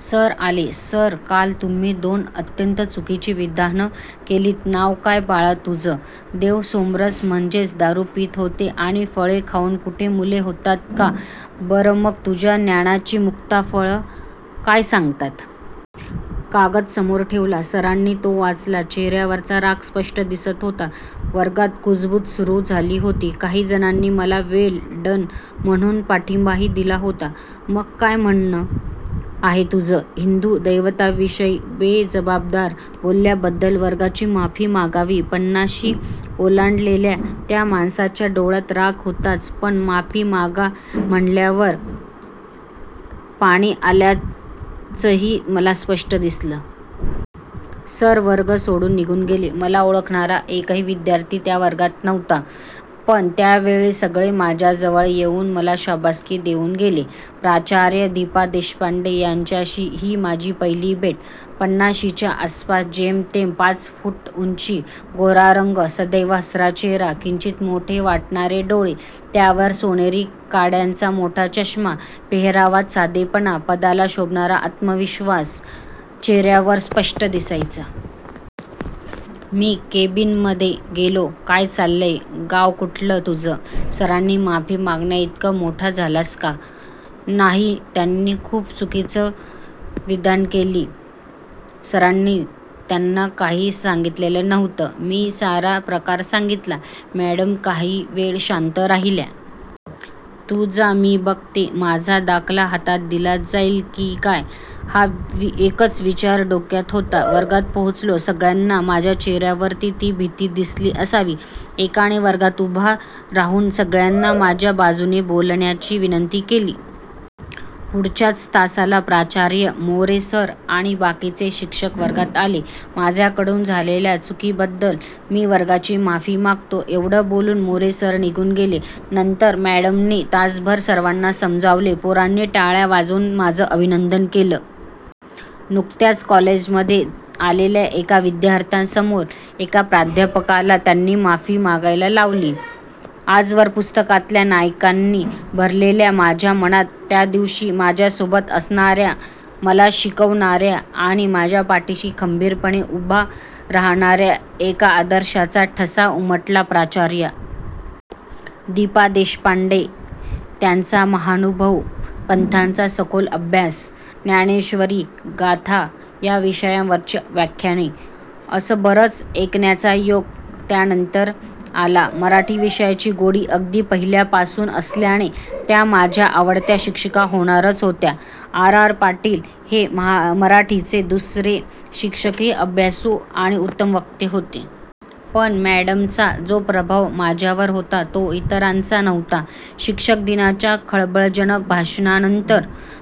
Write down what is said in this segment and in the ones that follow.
Sir आले,"सर काल तुम्ही दोन अत्यंत चुकिची विधानं केलीत" "नाव काय बाळा तुझं" "देव सोमरस म्हणजेच दारू पीत होते आणि फळे खाऊन कुठे मुले होतात का" बर मग तुझ्या ज्ञानाची मुक्ताफळं काय सांगतात? " कागद समोर ठेवला सरांनी तो वाचला, चेहर्यावरचा राग स्पष्ट दिसत होता. वर्गात कुजबूज सुरू झाली होती. काहीजणांनी मला वेल डन म्हणून पाठींबाही दिला होता. "मग काय म्हणनं आहे तुझं" "हिंदु दैवतांविषयी बेजबाबदार बोलल्याबद्दल वर्गाची माफी मागावी" पन्नाशी ओलांडलेल्या त्या माणसाच्या डोळ्यात राग होताच पण माफी मागा म्हणाल्यावर पाणी आल्याचंही मला स्पष्ट दिसलं. सर वर्ग सोडून निघून गेले. मला ओळखणारा एकही विध्यार्थी त्या वर्गात नव्हता पण त्या वेळी सगळे माझ्या जवळ येऊन मला शाबासकी देऊन गेले. प्राचार्या दिपा देशपांडे यांच्याशी ही माझी पहिली भेट. पन्नाशीच्या आसपास, जेमतेम पाच फुट उंची, गोरा रंग, सदैव हसरा चेहरा, किंचीत मोठे वाटणारे डोळे, त्यावर सोनेरी काड्यांचा मोठा चष्मा, पेहरावात साधेपणा, पदाला शोभणारा आत्मविश्वास चेहर्यावर स्पष्ट दिसायचा. मी केबीनमधे गेलो. "काय चाललय गाव कुठलं तुझं" "सरांनी माफी मागण्याइतका मोठा झालास का" "नाही. त्यानी खूप चुकिची विधानं केली" सरांनी त्याना काही सांगितलेलं नव्हतं. मी सारा प्रकार सांगितला. मॅडम काही वेळ शांत राहिल्या. "तू जा मी बघते" माझा दाखला हातात दिला जाईल की काय? हा एकच विचार डोक्यात होता. वर्गात पोहोचलो. सगळ्यांना माझ्या चेहर्यावर ती भिती दिसली असावी. एकाने वर्गात उभा राहून सगळ्यांना माझ्या बाजूने बोलण्याची विनंती केली. पुढच्याच तासाला प्राचार्या, मोरे सर आणि बाकीचे शिक्षक वर्गात आले. "माझ्याकडून झालेल्या चुकिबद्दल मी वर्गाची माफी मागतो" एवढ बोलून मोरे सर निघून गेले. नंतर मॅडमनी तासभर सर्वांना समजावले. पोरांनी टाळ्या वाजवून माझं अभिनंदन केलं. नुकत्याच कॉलेजमधे आलेल्या एका विध्यार्थ्यासमोर एका प्राध्यापकाला त्यानी माफी मागायला लावली. आजवर पुस्तकातल्या नायकांनी भरलेल्या माझ्या मनात त्यादिवशी माझ्या सोबत असणार्या, मला शिकवणार्या आणि माझ्या पाठीशी खंबीरपणे उभा राहणार्या एका आदर्शाचा ठसा उमटला. प्राचार्या दिपा देशपांडे. त्यांचा महानुभव पंथाचा सखोल अभ्यास, ज्ञानेश्वरी, गाथा या विषयांवरची व्याख्यानं असं बरच ऐकण्याचा योग त्यानंतर आला. मराठी विषयाची गोडी अगदी पहिल्यापासून असल्याने त्या माझ्या आवडत्या शिक्षीका होणारच होत्या. आर. आर. पाटील हे महा मराठीचे दुसरे शिक्षकही अभ्यासू आणि उत्तम वक्ते होते. पण मॅडमचा जो प्रभाव माझ्यावर होता तो इतरांचा नव्हता. शिक्षक दिनाच्या खळबळजनक भषणानंतर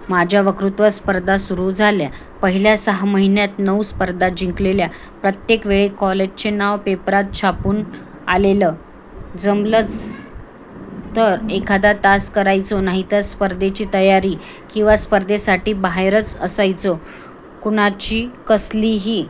माझ्या वक्तृत्व स्पर्धा सुरू झाल्या. पहिल्या सहा महिन्यात नऊ स्पर्धा जिंकलेल्या. प्रत्येक वेळी कॉलेजचे नाव पेपरात छापून आलेलं. जमलच तर एखादा तास करायचो नाहीतर स्पर्धेची तयारी किंवा स्पर्धेसाठी बाहेरच असायचो. कुणाची कसलीही